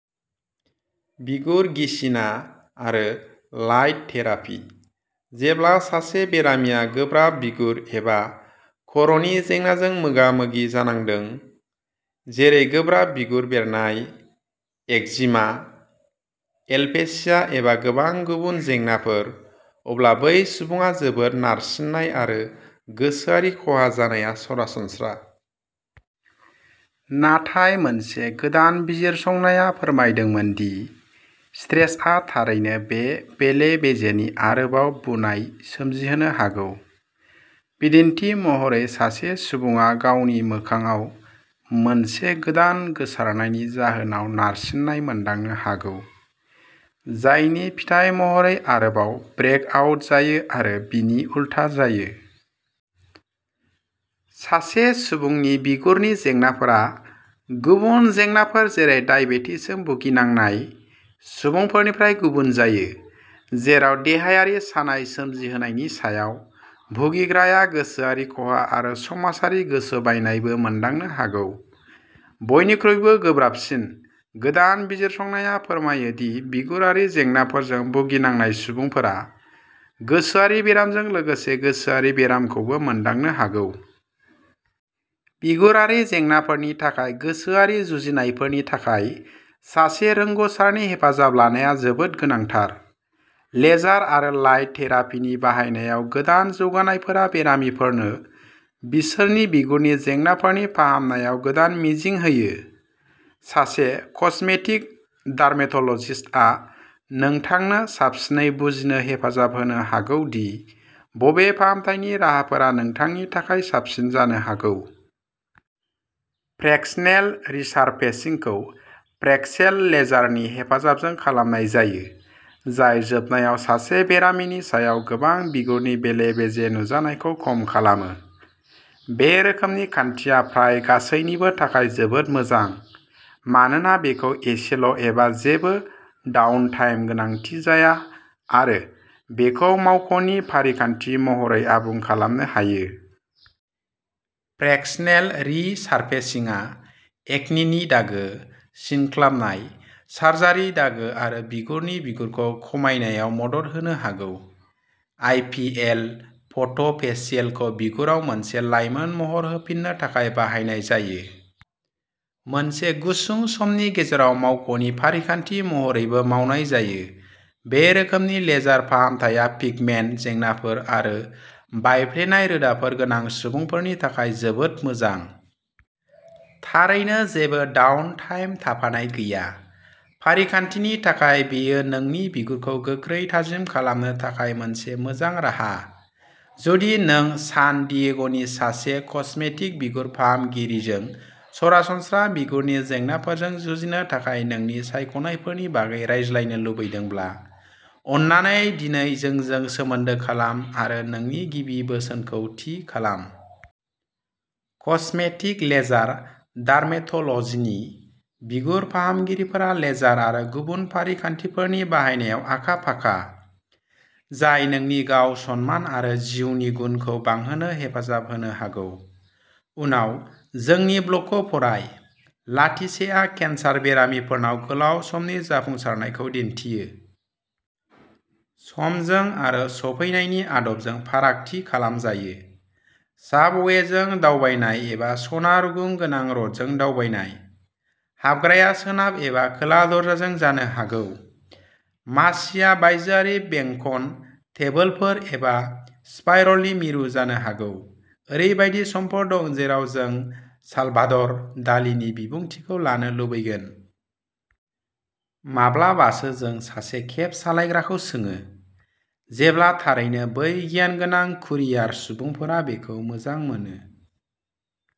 बिगुर गिसिना आरो light therapy. जेब्ला सासे बेरामिया गोब्राब बिगुर एबा खर "नि जेंनाजों मोगा मोगि जानांदों, जेरै गोब्राब बिगुर बेरनाय, एक्जिमा, एलपेसिया एबा गोबां गुबुन जेंनाफोर, अब्ला बै सुबुङा जोबोद नारसिननाय आरो गोसोआरि खहा जानाया सरासनस्रा। नाथाय मोनसे गोदान बिजिरसंनाया फोरमायदोंमोन दि स्ट्रेसआ थारैनो बे बेले बेजेनि आरोबाव बुनाय सोमजिहोनो हागौ। बिदिन्थि महरै, सासे सुबुङा गावनि मोखांआव मोनसे गोदान गोसारनायनि जाहोनाव नारसिननाय मोनदांनो हागौ, जायनि फिथाय महरै आरोबाव ब्रेकआउट जायो आरो बिनि उलथा जायो। सासे सुबुंनि बिगुरनि जेंनाफोरा गुबुन जेंनाफोर जेरै दाइबेटिसजों भुगिनांनाय सुबुंफोरनिफ्राय गुबुन जायो, जेराव देहायारि सानाय सोमजिहोनायनि सायाव, भुगिग्राया गोसोआरि खहा आरो समाजारि गोसोबायनायबो मोनदांनो हागौ। बयनिख्रुइबो गोब्राबसिन, गोदान बिजिरसंनाया फोरमायो दि बिगुरारि जेंनाफोरजों भुगिनांनाय सुबुंफोरा गोसोआरि बेरामजों लोगोसे गोसोआरि बेरामखौबो मोनदांनो हागौ। बिगुरारि जेंनाफोरनि थाखाय गोसोआरि जुजिनायफोरनि थाखाय सासे रोंग'सारनि हेफाजाब लानाया जोबोद गोनांथार। लेजार आरो लाइट थेरापिनि बाहायनायाव गोदान जौगानायफोरा बेरामिफोरनो बिसोरनि बिगुरनि जेंनाफोरनि फाहामनायाव गोदान मिजिं होयो। सासे कस्मेटिक डार्मेट'लजिस्टआ नोंथांनो साबसिनै बुजिनो हेफाजाब होनो हागौ दि बबे फाहामथायनि राहाफोरा नोंथांनि थाखाय साबसिन जानो हागौ। फ्रेक्सनेल रिसारफेसिंखौ फ्रेक्सेल लेजारनि हेफाजाबजों खालामनाय जायो, जाय जोबनायाव सासे बेरामिनि सायाव गोबां बिगुरनि बेले बेजे नुजानायखौ खम खालामो। बे रोखोमनि खान्थिया फ्राय गासैनिबो थाखाय जोबोद मोजां, मानोना बेखौ एसेल'एबा जेबो डाउनटाइम गोनांथि जाया आरो बेखौ मावख'नि फारिखान्थि महरै आबुं खालामनो हायो। फ्रेक्सनेल रिसारफेसिंआ एकनिनि दागो, सिनख्लाबनाय, सार्जारि दागो आरो बिगुरनि बिगुरखौ खमायनायाव मदद होनो हागौ। आइ. पि. एल. फट'फेसियेलखौ बिगुराव मोनसे लाइमोन महर होफिन्नो थाखाय बाहायनाय जायो। मोनसे गुसुं समनि गेजेराव मावख'नि फारिखान्थि महरैबो मावनाय जायो, बे रोखोमनि लेजार फाहामथाया पिगमेन्ट जेंनाफोर आरो बायफ्लेनाय रोदाफोर गोनां सुबुंफोरनि थाखाय जोबोद मोजां। थारैनो जेबो डाउनटाइम थाफानाय गैया। फारिखान्थिनि थाखाय, बेयो नोंनि बिगुरखौ गोख्रै थाजिम खालामनो थाखाय मोनसे मोजां राहा। जुदि नों सान डियेग'नि सासे कस्मेटिक बिगुर फाहामगिरिजों सरासनस्रा बिगुरनि जेंनाफोरजों जुजिनो थाखाय नोंनि सायख'नायफोरनि बागै रायज्लायनो लुबैदोंब्ला, अन्नानै दिनै जोंजों सोमोन्दो खालाम आरो नोंनि गिबि बोसोनखौ थि खालाम। कस्मेटिक लेजार डार्मेट'लजिनि बिगुर फाहामगिरिफोरा लेजार आरो गुबुन फारिखान्थिफोरनि बाहायनायाव आखा फाखा, जाय नोंनि गाव सनमान आरो जिउनि गुनखौ बांहोनो हेफाजाब होनो हागौ। उनाव, जोंनि ब्लगखौ फराय, लाटिसेआ केन्सार बेरामिफोरनाव गोलाव समनि जाफुंसारनायखौ दिन्थियो। समजों आरो सफैनायनि आदबजों फारागथि खालामजायो। साबवेजों दावबायनाय एबा सना रुगुं गोनां रथजों दावबायनाय। हाबग्राया सोनाब एबा खोला दरजाजों जानो हागौ, मासिआ बायजोआरि बेंखन टेबोलफोर एबा स्पाइरलनि मिरु जानो हागौ। ओरैबायदि समफोर दं जेराव जों सालभादर डालीनि बिबुंथिखौ लानो लुबैगोन। माब्लाबासो जों सासे केब सालायग्राखौ सोङो, जेब्ला थारैनो बै गियानगोनां कुरियार सुबुंफोरा बेखौ मोजां मोनो।